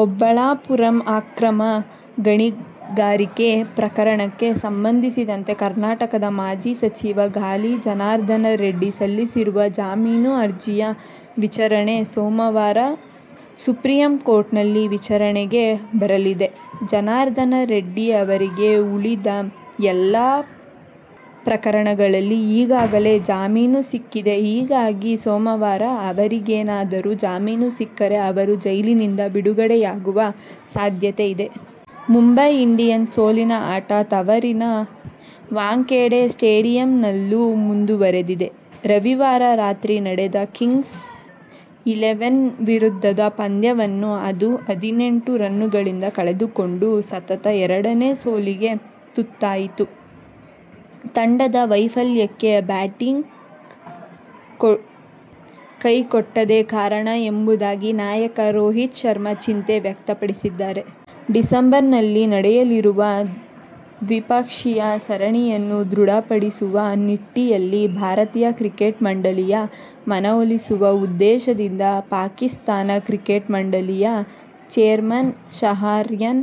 ಓಬಳಾಪುರಂ ಅಕ್ರಮ ಗಣಿಗಾರಿಕೆ ಪ್ರಕರಣಕ್ಕೆ ಸಂಬಂಧಿಸಿದಂತೆ ಕರ್ನಾಟಕದ ಮಾಜಿ ಸಚಿವ ಗಾಲಿ ಜನಾರ್ದನ ರೆಡ್ಡಿ ಸಲ್ಲಿಸಿರುವ ಜಾಮೀನು ಅರ್ಜಿಯ ವಿಚಾರಣೆ ಸೋಮವಾರ ಸುಪ್ರೀಂಕೋರ್ಟ್ನಲ್ಲಿ ವಿಚಾರಣೆಗೆ ಬರಲಿದೆ. ಜನಾರ್ದನ ರೆಡ್ಡಿ ಅವರಿಗೆ ಉಳಿದ ಎಲ್ಲ ಪ್ರಕರಣಗಳಲ್ಲಿ ಈಗಾಗಲೇ ಜಾಮೀನು ಸಿಕ್ಕಿದೆ. ಹೀಗಾಗಿ ಸೋಮವಾರ ಅವರಿಗೇನಾದರೂ ಜಾಮೀನು ಸಿಕ್ಕರೆ ಅವರು ಜೈಲಿನಿಂದ ಬಿಡುಗಡೆಯಾಗುವ ಸಾಧ್ಯತೆ ಇದೆ. ಮುಂಬೈ ಇಂಡಿಯನ್ಸ್ನ ಸೋಲಿನ ಆಟ ತವರಿನ ವಾಂಖೇಡೆ ಸ್ಟೇಡಿಯಂನಲ್ಲೂ ಮುಂದುವರಿದಿದೆ. ರವಿವಾರ ರಾತ್ರಿ ನಡೆದ ಕಿಂಗ್ಸ್ ಇಲೆವೆನ್ ವಿರುದ್ಧದ ಪಂದ್ಯವನ್ನು ಅದು ಹದಿನೆಂಟು ರನ್ನುಗಳಿಂದ ಕಳೆದುಕೊಂಡು ಸತತ ಎರಡನೇ ಸೋಲಿಗೆ ತುತ್ತಾಯಿತು. ತಂಡದ ವೈಫಲ್ಯಕ್ಕೆ ಬ್ಯಾಟಿಂಗ್ ಕೈಕೊಟ್ಟದ್ದೇ ಕಾರಣ ಎಂಬುದಾಗಿ ನಾಯಕ ರೋಹಿತ್ ಶರ್ಮ ಚಿಂತೆ ವ್ಯಕ್ತಪಡಿಸಿದ್ದಾರೆ. ಡಿಸೆಂಬರ್ನಲ್ಲಿ ನಡೆಯಲಿರುವ ದ್ವಿಪಕ್ಷೀಯ ಸರಣಿಯನ್ನು ದೃಢಪಡಿಸುವ ನಿಟ್ಟಿನಲ್ಲಿ ಭಾರತೀಯ ಕ್ರಿಕೆಟ್ ಮಂಡಳಿ ಯ ಮನವೊಲಿಸುವ ಉದ್ದೇಶದಿಂದ ಪಾಕಿಸ್ಥಾನ ಕ್ರಿಕೆಟ್ ಮಂಡಳಿ ಯ ಚೇರ್ಮನ್ ಶಹರ್ಯಾರ್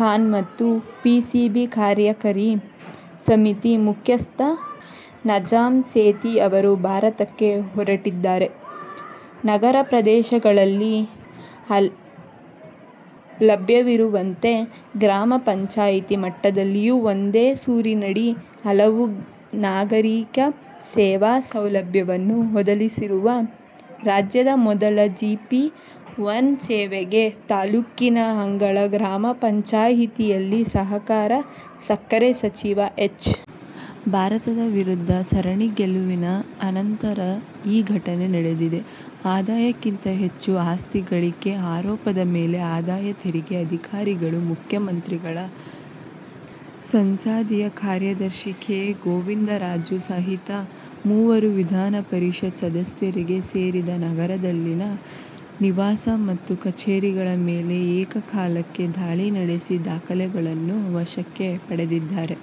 ಖಾನ್ ಮತ್ತು ಪಿಸಿಬಿ ಕಾರ್ಯಕಾರಿ ಸಮಿತಿ ಮುಖ್ಯಸ್ಥ ನಜಮ್ ಸೇಥಿ ಅವರು ಭಾರತಕ್ಕೆ ಹೊರಟಿದ್ದಾರೆ. ನಗರ ಪ್ರದೇಶಗಳಲ್ಲಿ ಲಭ್ಯವಿರುವಂತೆ ಗ್ರಾಮ ಪಂಚಾಯಿತಿ ಮಟ್ಟದಲ್ಲಿಯೂ ಒಂದೇ ಸೂರಿನಡಿ ಹಲವು ನಾಗರಿಕ ಸೇವಾ ಸೌಲಭ್ಯವನ್ನು ಒದಗಿಸಲಿರುವ ರಾಜ್ಯದ ಮೊದಲ ಜಿಪಿ-ಒನ್ ಸೇವೆಗೆ ತಾಲೂಕಿನ ಹಂಗಳ ಗ್ರಾಮ ಪಂಚಾಯಿತಿಯಲ್ಲಿ ಸಹಕಾರ, ಸಕ್ಕರೆ ಸಚಿವ ಎಚ್. ಭಾರತದ ವಿರುದ್ಧ ಸರಣಿ ಗೆಲುವಿನ ಅನಂತರ ಈ ಘಟನೆ ನಡೆದಿದೆ. ಆದಾಯಕ್ಕಿಂತ ಹೆಚ್ಚು ಆಸ್ತಿ ಗಳಿಕೆ ಆರೋಪದ ಮೇಲೆ ಆದಾಯ ತೆರಿಗೆ ಅಧಿಕಾರಿಗಳು ಮುಖ್ಯಮಂತ್ರಿಗಳ ಸಂಸದೀಯ ಕಾರ್ಯದರ್ಶಿ ಕೆ. ಗೋವಿಂದರಾಜು ಸಹಿತ ಮೂವರು ವಿಧಾನ ಪರಿಷತ್ ಸದಸ್ಯರಿಗೆ ಸೇರಿದ ನಗರದಲ್ಲಿನ ನಿವಾಸ ಮತ್ತು ಕಚೇರಿಗಳ ಮೇಲೆ ಏಕಕಾಲಕ್ಕೆ ದಾಳಿ ನಡೆಸಿ ದಾಖಲೆಗಳನ್ನು ವಶಕ್ಕೆ ಪಡೆದಿದ್ದಾರೆ.